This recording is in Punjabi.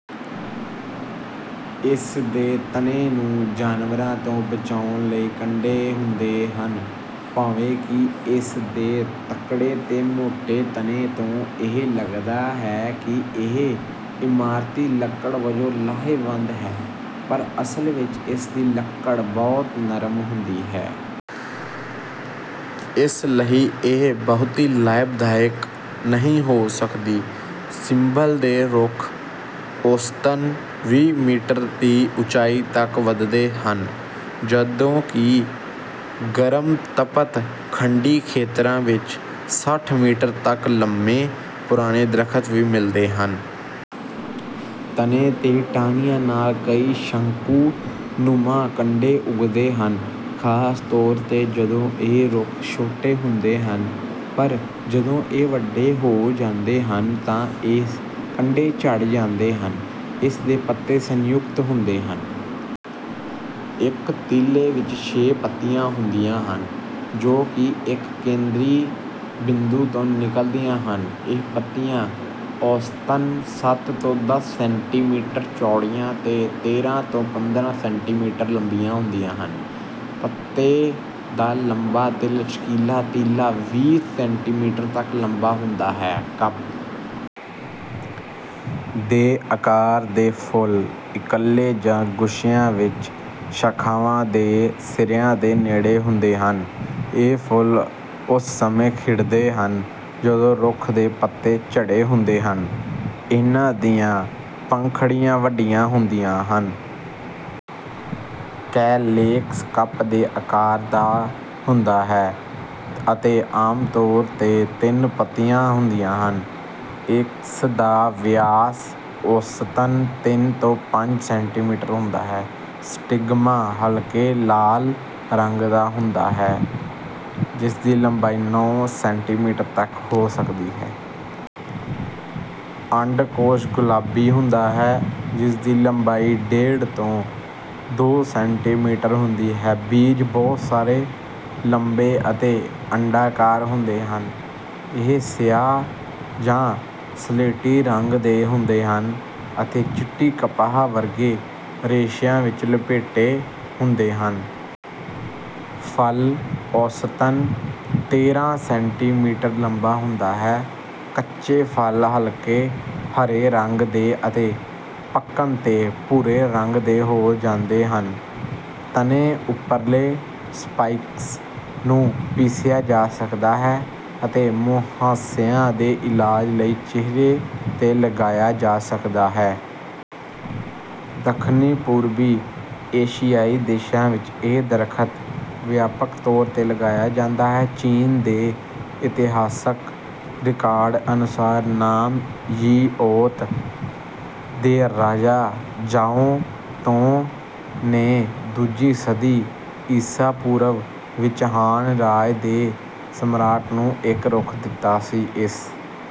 ਇਸ ਦੇ ਤਣੇ ਨੂੰ ਜਾਨਵਰਾਂ ਤੋਂ ਬਚਾਉਣ ਲਈ ਕੰਡੇ ਹੁੰਦੇ ਹਨ। ਭਾਵੇਂ ਕਿ ਇਸ ਦੇ ਤਕੜੇ ਤੇ ਮੋਟੇ ਤਣੇ ਤੋਂ ਇਹ ਲੱਗਦਾ ਹੈ ਕਿ ਇਹ ਇਮਾਰਤੀ ਲੱਕੜ ਵਜੋਂ ਲਾਹੇਵੰਦ ਹੈ, ਪਰ ਅਸਲ ਵਿੱਚ ਇਸ ਦੀ ਲੱਕੜ ਬਹੁਤ ਨਰਮ ਹੁੰਦੀ ਹੈ। ਇਸ ਲਈ ਇਹ ਬਹੁਤੀ ਲਾਭਦਾਇਕ ਨਹੀਂ ਹੋ ਸਕਦੀ। ਸਿੰਬਲ ਦੇ ਰੁੱਖ ਔਸਤਨ ਵੀਹ ਮੀਟਰ ਦੀ ਉਚਾਈ ਤੱਕ ਵਧਦੇ ਹਨ, ਜਦੋਂ ਕਿ ਗਰਮ ਤਪਤ-ਖੰਡੀ ਖੇਤਰਾਂ ਵਿੱਚ ਸੱਠ ਮੀਟਰ ਤੱਕ ਲੰਮੇ ਪੁਰਾਣੇ ਦਰੱਖ਼ਤ ਵੀ ਮਿਲਦੇ ਹਨ। ਤਣੇ ਅਤੇ ਟਾਹਣੀਆਂ ਨਾਲ ਕਈ ਸ਼ੰਕੂ-ਨੁਮਾ ਕੰਡੇ ਉੱਗਦੇ ਹਨ, ਖ਼ਾਸ ਤੌਰ 'ਤੇ ਜਦੋਂ ਇਹ ਰੁੱਖ ਛੋਟੇ ਹੁੰਦੇ ਹਨ। ਪਰ ਜਦੋਂ ਇਹ ਵੱਡੇ ਹੋ ਜਾਂਦੇ ਹਨ ਤਾਂ ਇਹ ਕੰਡੇ ਝੜ ਜਾਂਦੇ ਹਨ। ਇਸ ਦੇ ਪੱਤੇ ਸੰਯੁਕਤ ਹੁੰਦੇ ਹਨ। ਇੱਕ ਤੀਲੇ ਵਿੱਚ ਛੇ ਪੱਤੀਆਂ ਹੁੰਦੀਆਂ ਹਨ, ਜੋ ਕਿ ਇੱਕ ਕੇਂਦਰੀ ਬਿੰਦੂ ਤੋਂ ਨਿਕਲਦੀਆਂ ਹਨ। ਇਹ ਪੱਤੀਆਂ ਔਸਤਨ ਸੱਤ ਤੋਂ ਦੱਸ ਸੈਂਟੀਮੀਟਰ ਚੌੜੀਆਂ ਅਤੇ ਤੇਰ੍ਹਾਂ ਤੋਂ ਪੰਦਰਾਂ ਸੈਂਟੀਮੀਟਰ ਲੰਬੀਆਂ ਹੁੰਦੀਆਂ ਹਨ। ਪੱਤੇ ਦਾ ਲੰਬਾ ਅਤੇ ਲਚਕੀਲਾ ਤੀਲਾ ਵੀਹ ਸੈਂਟੀਮੀਟਰ ਤੱਕ ਲੰਬਾ ਹੁੰਦਾ ਹੈ। ਕੱਪ ਦੇ ਆਕਾਰ ਦੇ ਫੁੱਲ ਇਕੱਲੇ ਜਾਂ ਗੁੱਛਿਆਂ ਵਿੱਚ ਸ਼ਾਖਾਵਾਂ ਦੇ ਸਿਰਿਆਂ ਦੇ ਨੇੜੇ ਹੁੰਦੇ ਹਨ। ਇਹ ਫੁੱਲ ਉਸ ਸਮੇਂ ਖਿੜਦੇ ਹਨ, ਜਦੋਂ ਰੁੱਖ ਦੇ ਪੱਤੇ ਝੜੇ ਹੁੰਦੇ ਹਨ। ਇਨ੍ਹਾਂ ਦੀਆਂ ਪੰਖੜੀਆਂ ਵੱਡੀਆਂ ਹੁੰਦੀਆਂ ਹਨ। ਕੈਲੇਕਸ ਕੱਪ ਦੇ ਆਕਾਰ ਦਾ ਹੁੰਦਾ ਹੈ ਅਤੇ ਆਮ ਤੌਰ 'ਤੇ ਤਿੰਨ ਪੱਤੀਆਂ ਹੁੰਦੀਆਂ ਹਨ। ਇਸ ਦਾ ਵਿਆਸ ਔਸਤਨ ਤਿੰਨ ਤੋਂ ਪੰਜ ਸੈਂਟੀਮੀਟਰ ਹੁੰਦਾ ਹੈ। ਸਟਿਗਮਾ ਹਲਕੇ ਲਾਲ ਰੰਗ ਦਾ ਹੁੰਦਾ ਹੈ, ਜਿਸ ਦੀ ਲੰਬਾਈ ਨੌਂ ਸੈਂਟੀਮੀਟਰ ਤੱਕ ਹੋ ਸਕਦੀ ਹੈ। ਅੰਡਕੋਸ਼ ਗੁਲਾਬੀ ਹੁੰਦਾ ਹੈ, ਜਿਸ ਦੀ ਲੰਬਾਈ ਡੇਢ ਤੋਂ ਦੋ ਸੈਂਟੀਮੀਟਰ ਹੁੰਦੀ ਹੈ। ਬੀਜ ਬਹੁਤ ਸਾਰੇ, ਲੰਬੇ ਅਤੇ ਅੰਡਾਕਾਰ ਹੁੰਦੇ ਹਨ। ਇਹ ਸਿਆਹ ਜਾਂ ਸਲੇਟੀ ਰੰਗ ਦੇ ਹੁੰਦੇ ਹਨ ਅਤੇ ਚਿੱਟੀ ਕਪਾਹ ਵਰਗੇ ਰੇਸ਼ਿਆਂ ਵਿੱਚ ਲਪੇਟੇ ਹੁੰਦੇ ਹਨ। ਫਲ ਔਸਤਨ ਤੇਰ੍ਹਾਂ ਸੈਂਟੀਮੀਟਰ ਲੰਬਾ ਹੁੰਦਾ ਹੈ। ਕੱਚੇ ਫਲ ਹਲਕੇ ਹਰੇ ਰੰਗ ਦੇ ਅਤੇ ਪੱਕਣ 'ਤੇ ਭੂਰੇ ਰੰਗ ਦੇ ਹੋ ਜਾਂਦੇ ਹਨ। ਤਣੇ ਉੱਪਰਲੇ ਸਪਾਈਕਸ ਨੂੰ ਪੀਸਿਆ ਜਾ ਸਕਦਾ ਹੈ ਅਤੇ ਮੁਹਾਂਸਿਆਂ ਦੇ ਇਲਾਜ ਲਈ ਚਿਹਰੇ 'ਤੇ ਲਗਾਇਆ ਜਾ ਸਕਦਾ ਹੈ। ਦੱਖਣੀ-ਪੂਰਬੀ ਏਸ਼ੀਆਈ ਦੇਸ਼ਾਂ ਵਿੱਚ ਇਹ ਦਰੱਖ਼ਤ ਵਿਆਪਕ ਤੌਰ 'ਤੇ ਲਗਾਇਆ ਜਾਂਦਾ ਹੈ। ਚੀਨ ਦੇ ਇਤਿਹਾਸਕ ਰਿਕਾਰਡ ਅਨੁਸਾਰ, ਨਾਮ ਯਿਊਤ ਦੇ ਰਾਜਾ ਜ਼ਾਓ ਤੁਓ ਨੇ ਦੂਜੀ ਸਦੀ ਈਸਾ ਪੂਰਵ ਵਿੱਚ ਹਾਨ ਰਾਜ ਦੇ ਸਮਰਾਟ ਨੂੰ ਇੱਕ ਰੁੱਖ ਦਿੱਤਾ ਸੀ। ਇਸ